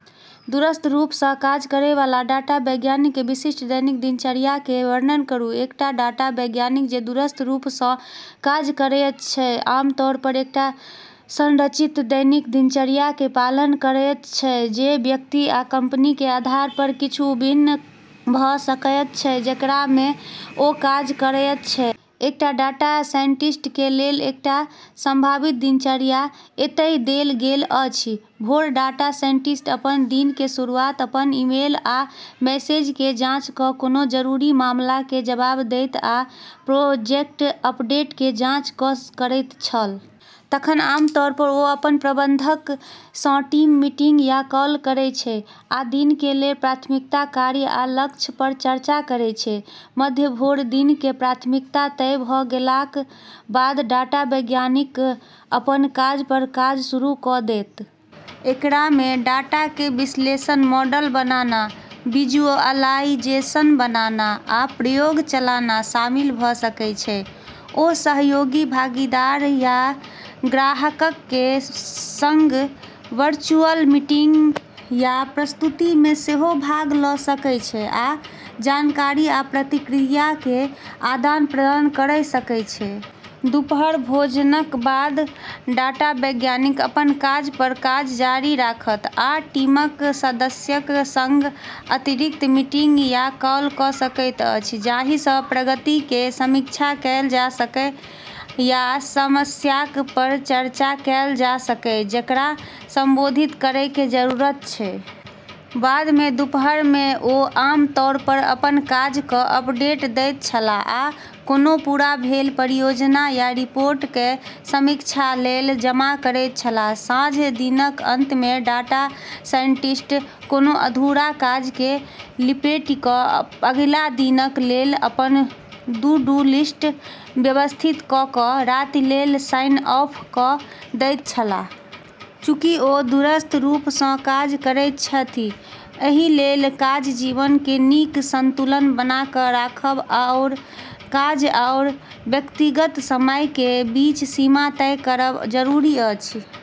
दूरस्थ रूप सं काज करय वाला डाटा वैज्ञानिक कें विशिष्ट दैनिक दिनचर्या कें वर्णन करूं. एकटा डाटा वैज्ञानिक जे दूरस्थ रूप सं काज करएयत छै, आमतौर पर एकटा संरचित दैनिक दिनचर्या कें पालन करएयत छै, जे व्यक्ति आ कंपनी कें आधार पर किछु भिन्न भ सकएयत छै, जेकरा मे ओ काज करएयत छै. एकटा डाटा साइंटिस्ट के लेल एकटा संभावित दिनचर्या एतय देल गेल अछि: भोर: डाटा साइंटिस्ट अपन दिन के शुरुआत अपन ईमेल आ मैसेज के जांच क, कोनो जरूरी मामला के जवाब दैत आ प्रोजेक्ट अपडेट के जांच क करैत छल. तखन, आमतौर पर ओ अपन प्रबंधक सं टीम मीटिंग या कॉल करय छै आ दिन कें लेल प्राथमिकता, कार्य आ लक्ष्य पर चर्चा करय छै. मध्य भोर: दिन के प्राथमिकता तय भ गेलाक बाद डाटा वैज्ञानिक अपन काज पर काज शुरू क देत। एकरा मे डाटा कें विश्लेषण, मॉडल बनाना, विजुअलाइजेशन बनाना, आ प्रयोग चलाना शामिल भ सकय छै. ओ सहयोगी, भागीदार या ग्राहकक कें संग वर्चुअल मीटिंग या प्रस्तुति मे सेहो भाग ल सकय छै आ जानकारी आ प्रतिक्रिया कें आदान-प्रदान करय सकय छै. दुपहर: भोजनक बाद डाटा वैज्ञानिक अपन काज पर काज जारी राखत, आ टीमक सदस्यक संग अतिरिक्त मीटिंग या कॉल क सकैत अछि जाहि सं प्रगति कें समीक्षा कैल जा सकय या समस्याक पर चर्चा कैल जा सकय छै जकरा संबोधित करय कें जरूरत छै. बाद मे दुपहर मे ओ आम तौर पर अपन काज क अपडेट दैत छलाह आ कोनो पूरा भेल परियोजना या रिपोर्ट कए समीक्षा लेल जमा करैत छलाह। साँझ: दिनक अंत मे डाटा साइंटिस्ट कोनो अधूरा काज केँ लपेटि क' अगिला दिनक लेल अपन टू-डू लिस्ट व्यवस्थित क' क' राति लेल साइन ऑफ क' दैत छलाह. चूँकि ओ दूरस्थ रूप सं काज करैत छथि, एहि लेल काज-जीवन के नीक संतुलन बना क राखब आओर काज आओर व्यक्तिगत समय के बीच सीमा तय करब जरूरी अछि.